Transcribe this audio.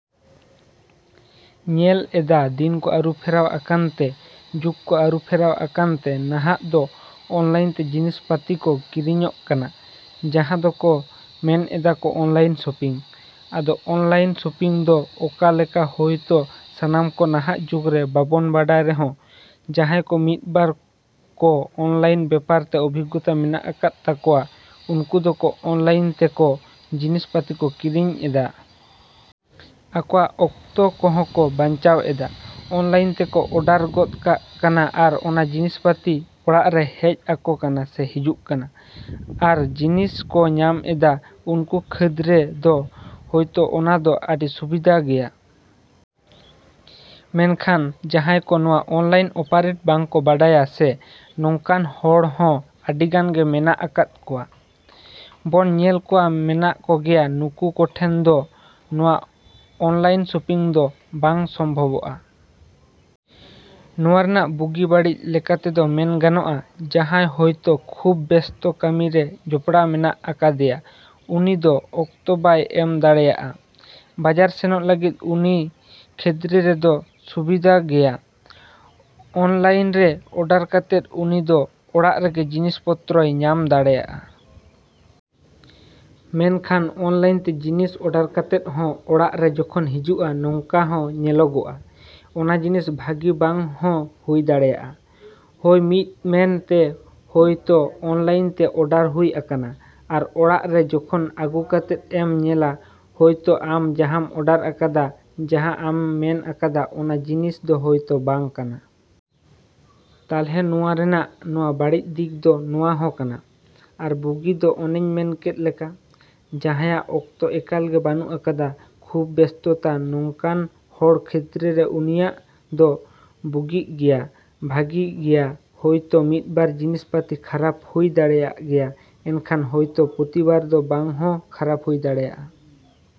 ‎ᱧᱮᱞ ᱮᱫᱟ ᱫᱤᱱ ᱠᱚ ᱟᱹᱨᱩ ᱯᱷᱮᱨᱟᱣ ᱟᱠᱟᱱ ᱛᱮ ᱡᱩᱜᱽ ᱠᱚ ᱟᱹᱨᱩ ᱯᱷᱮᱨᱟᱣ ᱟᱠᱟᱱ ᱛᱮ ᱱᱟᱦᱟᱜ ᱫᱚ ᱚᱱᱞᱟᱭᱤᱱ ᱛᱮ ᱡᱤᱱᱤᱥ ᱯᱟᱛᱤ ᱠᱚ ᱠᱤᱨᱤᱧᱚᱜ ᱠᱟᱱᱟ ᱡᱟᱦᱟᱸ ᱫᱚᱠᱚ ᱢᱮᱱ ᱮᱫᱟᱠᱚ ᱚᱱᱞᱟᱭᱤᱱ ᱥᱚᱯᱤᱝ᱾ ᱟᱫᱚ ᱚᱱᱞᱟᱭᱤᱱ ᱥᱚᱯᱤᱝ ᱫᱚ ᱚᱠᱟ ᱞᱮᱠᱟ ᱦᱳᱭ ᱛᱚ ᱥᱟᱱᱟᱢ ᱠᱚ ᱱᱟᱦᱟᱜ ᱡᱩᱜᱽ ᱨᱮ ᱵᱟᱵᱚᱱ ᱵᱟᱰᱟᱭ ᱨᱮᱦᱚᱸ ᱡᱟᱦᱟᱸᱭ ᱠᱚ ᱢᱤᱫ ᱵᱟᱨ ᱠᱚ ᱚᱱᱞᱟᱭᱤᱱ ᱵᱮᱯᱟᱨ ᱛᱮ ᱚᱵᱷᱤᱜᱽᱜᱚᱛᱟ ᱢᱮᱱᱟᱜ ᱟᱠᱟᱫ ᱛᱟᱠᱚᱣᱟ ᱩᱱᱠᱩ ᱫᱚᱠᱚ ᱚᱱᱞᱟᱭᱤᱱ ᱛᱮ ᱠᱚ ᱡᱤᱱᱤᱥ ᱯᱟᱛᱤ ᱠᱚ ᱠᱤᱨᱤᱧ ᱮᱫᱟ᱾ ᱟᱠᱚᱣᱟᱜ ᱚᱠᱛᱚ ᱠᱚᱦᱚᱸ ᱠᱚ ᱵᱟᱸᱧᱪᱟᱣ ᱮᱫᱟ᱾ ᱚᱱᱞᱟᱭᱤᱱ ᱛᱮᱠᱚ ᱚᱰᱟᱨ ᱜᱚᱫ ᱠᱟᱜ ᱠᱟᱱᱟ ᱟᱨ ᱚᱱᱟ ᱡᱤᱱᱤᱥ ᱯᱟᱛᱤ ᱚᱲᱟᱜ ᱨᱮ ᱦᱮᱡ ᱟᱠᱚ ᱠᱟᱱᱟ ᱥᱮ ᱦᱤᱡᱩᱜ ᱠᱟᱱᱟ᱾ ᱟᱨ ᱡᱤᱱᱤᱥ ᱠᱚ ᱧᱟᱢ ᱮᱫᱟ ᱩᱱᱠᱩ ᱠᱷᱟᱹᱫᱽ ᱨᱮ ᱫᱚ ᱦᱳᱭᱛᱚ ᱱᱚᱣᱟ ᱫᱚ ᱟᱹᱰᱤ ᱥᱩᱵᱤᱫᱷᱟ ᱜᱮᱭᱟ᱾ ᱢᱮᱱᱠᱷᱟᱱ ᱡᱟᱦᱟᱸᱭ ᱠᱚ ᱱᱚᱣᱟ ᱚᱱᱞᱟᱭᱤᱱ ᱚᱯᱟᱨᱮᱴ ᱵᱟᱝ ᱠᱚ ᱵᱟᱰᱟᱭᱟ ᱥᱮ ᱱᱚᱝᱠᱟᱱ ᱦᱚᱲ ᱦᱚᱸ ᱟᱹᱰᱤ ᱜᱟᱱ ᱜᱮ ᱢᱮᱱᱟᱜ ᱟᱠᱟᱫ ᱠᱚᱣᱟ᱾ ᱵᱚᱱ ᱧᱮᱞ ᱠᱚᱣᱟ ᱢᱮᱱᱟᱜ ᱠᱚᱜᱮᱭᱟ ᱩᱱᱠᱩ ᱠᱚᱴᱷᱮᱱ ᱫᱚ ᱱᱚᱣᱟ ᱚᱱᱞᱟᱭᱤᱱ ᱥᱚᱯᱤᱝ ᱫᱚ ᱵᱟᱝ ᱥᱚᱢᱵᱷᱚᱵᱚᱜᱼᱟ᱾ ᱱᱚᱣᱟ ᱨᱮᱱᱟᱜ ᱵᱩᱜᱤ ᱵᱟᱹᱲᱤᱡ ᱞᱮᱠᱟ ᱛᱮᱫᱚ ᱢᱮᱱ ᱜᱟᱱᱚᱜᱼᱟ ᱡᱟᱦᱟᱸᱭ ᱦᱳᱭᱛᱚ ᱠᱷᱩᱵ ᱵᱮᱥᱛᱚ ᱠᱟᱹᱢᱤ ᱨᱮ ᱡᱚᱲᱟᱣ ᱢᱮᱱᱟᱜ ᱟᱠᱟᱫᱮᱭᱟ ᱩᱱᱤ ᱫᱚ ᱚᱠᱛᱚ ᱵᱟᱭ ᱮᱢ ᱫᱟᱲᱮᱭᱟᱜᱼᱟ ᱵᱟᱡᱟᱨ ᱥᱮᱱᱚᱜ ᱞᱟᱹᱜᱤᱫ ᱩᱱᱤ ᱠᱷᱟᱹᱫᱽ ᱨᱮᱫᱚ ᱥᱩᱵᱤᱫᱷᱟ ᱜᱮᱭᱟ᱾ ᱚᱱᱞᱟᱭᱤᱱ ᱨᱮ ᱚᱰᱟᱨ ᱠᱟᱛᱮᱫ ᱩᱱᱤ ᱫᱚ ᱚᱲᱟᱜ ᱨᱮᱜᱮ ᱡᱤᱱᱤᱥ ᱯᱚᱛᱨᱚᱭ ᱧᱟᱢ ᱫᱟᱲᱮᱭᱟᱜᱼᱟᱭ᱾ ᱢᱮᱱ ᱠᱷᱟᱱ ᱚᱱᱞᱟᱭᱤᱱ ᱛᱮ ᱡᱤᱱᱤᱥ ᱚᱰᱟᱨ ᱠᱟᱛᱮᱫ ᱦᱚᱸ ᱚᱲᱟᱜ ᱨᱮ ᱡᱚᱠᱷᱚᱱ ᱦᱤᱡᱩᱜᱼᱟ ᱱᱚᱝᱠᱟ ᱦᱚᱸ ᱧᱮᱞᱚᱜᱚᱜᱼᱟ ᱚᱱᱟ ᱡᱤᱱᱤᱥ ᱵᱷᱟᱹᱜᱤ ᱵᱟᱝ ᱦᱚᱸ ᱦᱩᱭ ᱫᱟᱲᱮᱭᱟᱜᱼᱟ ᱦᱳᱭ ᱢᱤᱫ ᱢᱮᱱ ᱛᱮ ᱦᱳᱭ ᱛᱚ ᱚᱱᱞᱟᱭᱤᱱ ᱛᱮ ᱚᱰᱟᱨ ᱦᱩᱭ ᱟᱠᱟᱱᱟ ᱟᱨ ᱚᱲᱟᱜ ᱨᱮ ᱡᱚᱠᱷᱚᱱ ᱟᱜᱩ ᱠᱟᱛᱮᱫ ᱮᱢ ᱧᱮᱞᱟ ᱦᱳᱭ ᱛᱚ ᱟᱢ ᱡᱟᱦᱟᱸᱢ ᱚᱰᱟᱨ ᱠᱟᱫᱟ ᱡᱟᱦᱟᱸ ᱟᱢ ᱢᱮᱱ ᱠᱟᱫᱟ ᱚᱱᱟ ᱡᱤᱱᱤᱥ ᱫᱚ ᱦᱳᱭ ᱛᱚ ᱵᱟᱝ ᱠᱟᱱᱟ᱾ ᱛᱟᱞᱦᱮ ᱱᱚᱣᱟ ᱨᱮᱱᱟᱜ ᱱᱚᱣᱟ ᱵᱟᱹᱲᱤᱡ ᱫᱤᱠ ᱫᱚ ᱱᱚᱣᱟ ᱦᱚᱸ ᱠᱟᱱᱟ᱾ ᱟᱨ ᱵᱩᱜᱤ ᱫᱚ ᱚᱱᱮᱧ ᱢᱮᱱ ᱠᱮᱫ ᱞᱮᱠᱟ᱾ ᱡᱟᱦᱟᱸᱭᱟᱜ ᱚᱠᱛᱚ ᱮᱠᱟᱞ ᱜᱮ ᱵᱟᱹᱱᱩᱜ ᱟᱠᱟᱫᱟ ᱠᱷᱩᱵ ᱵᱮᱥᱛᱚ ᱛᱟ ᱱᱚᱝᱠᱟᱱ ᱦᱚᱲ ᱠᱷᱟᱹᱫᱽ ᱨᱮ ᱩᱱᱤᱭᱟᱜ ᱫᱚ ᱵᱩᱜᱤᱜ ᱜᱮᱭᱟ ᱵᱷᱟᱹᱜᱤ ᱜᱮᱭᱟ ᱦᱳᱭ ᱛᱚ ᱢᱤᱫ ᱵᱟᱨ ᱡᱤᱱᱤᱥ ᱯᱟᱛᱤ ᱠᱷᱟᱨᱟᱯ ᱦᱩᱭ ᱫᱟᱲᱮᱭᱟᱜ ᱜᱮᱭᱟ ᱮᱱᱠᱷᱟᱱ ᱦᱳᱭᱛᱚ ᱯᱨᱚᱛᱤᱵᱟᱨ ᱫᱚ ᱵᱟᱝ ᱦᱚᱸ ᱠᱷᱟᱨᱟᱯ ᱦᱩᱭ ᱫᱟᱲᱮᱭᱟᱜᱼᱟ᱾